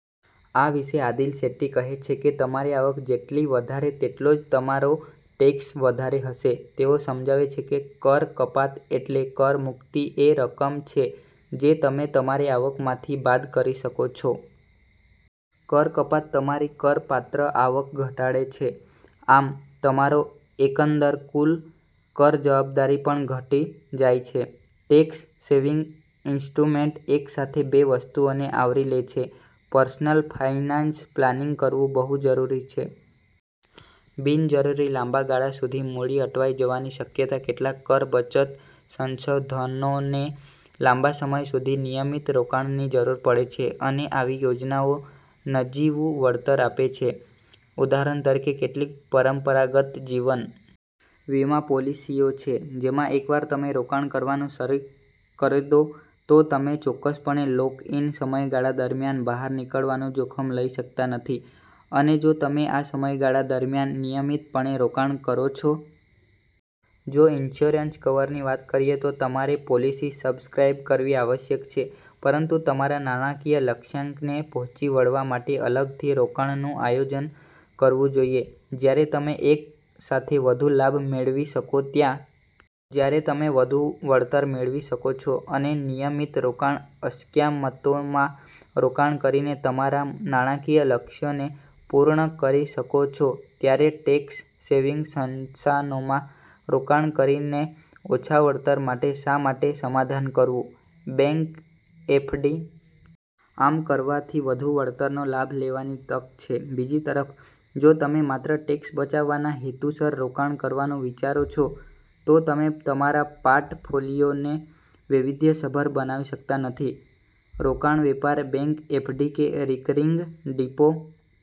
આ વિશે આદિલ શેટ્ટી કહે છે કે તમારી આવક જેટલી વધારે તેટલો જ તમારો ટેક્સ વધારે હશે. તેઓ સમજાવે છે કે, કર કપાત એટલે કર મુક્તિ એ રકમ છે જે તમે તમારી આવકમાંથી બાદ કરી શકો છો. કર કપાત તમારી કર પાત્ર આવક ઘટાડે છે. આમ, તમારો એકંદર કુલ કર જવાબદારી પણ ઘટી જાય છે. ટેક્સ સેવિંગ ઇન્સ્ટ્રુમેન્ટ એકસાથે બે વસ્તુઓને આવરી લે છે. પર્સનલ ફાઇનાન્સ પ્લાનિંગ કરવું બહુ જરૂરી છે. બિન જરૂરી લાંબા ગાળા સુધી મૂડી અટવાઇ જવાની શક્યતા કેટલાક કર બચત સંશાધનોને લાંબા સમય સુધી નિયમિત રોકાણની જરૂર પડે છે અને આવી યોજનાઓ નજીવુંં વળતર આપે છે. ઉદાહરણ તરીકે, કેટલીક પરંપરાગત જીવન વીમા પૉલિસીઓ છે જેમાં એકવાર તમે રોકાણ કરવાનું શરૂ કરી દો, તો તમે ચોક્કસપણે લૉક-ઇન સમયગાળા દરમિયાન બહાર નીકળવાનું જોખમ લઈ શકતા નથી અને જો તમે આ સમયગાળા દરમિયાન નિયમિતપણે રોકાણ કરો છો, તો તમે સંબંધિત પોલિસી કાર્યકાળ પૂર્ણ થયા પછી નજીવા વળતરનો લાભ મેળવો છો. જો ઇન્સ્યોરન્સ કવરની વાત કરીયે તો તમારે પોલિસી સબસ્ક્રાઇબ કરવી આવશ્યક છે. પરંતુ તમારા નાણાકીય લક્ષ્યાંકને પહોંચી વળવા માટે અલગથી રોકાણનું આયોજન કરવું જોઈએ. જ્યારે તમે એક સાથે વધુ લાભ મેળવી શકો ત્યારે બાંધછોડ કેમ કરવી, ફાઇનાન્સિયલ ટાર્ગેટ માટે જોખમ લેવા અને રોકાણ પર વધુ વળતરની જરૂર પડી શકે છે. જ્યારે તમે વધુ વળતર મેળવી શકો છો અને નિયમિત રોકાણ અસ્કયામતોમાં રોકાણ કરીને તમારા નાણાકીય લક્ષ્યોને પૂર્ણ કરી શકો છો ત્યારે ટેક્સ-સેવિંગ સંશાનોમાં રોકાણ કરીને ઓછા વળતર માટે શા માટે સમાધાન કરવું? બેંક એફડી કે રિકરિંગ ડિપોઝિટ કરાવી છે? આમ કરવાથી વધુ વળતરનો લાભ લેવાની તક છે. બીજી તરફ, જો તમે માત્ર ટેક્સ બચાવવાના હેતુસર રોકાણ કરવાનું વિચારો છો, તો તમે તમારા પોર્ટફોલિયોને વૈવિધ્યસભર બનાવી શકતા નથી. રોકાણવેપાર બેંક એફડી કે રિકરિંગ ડિપોઝિટ કરાવી છે?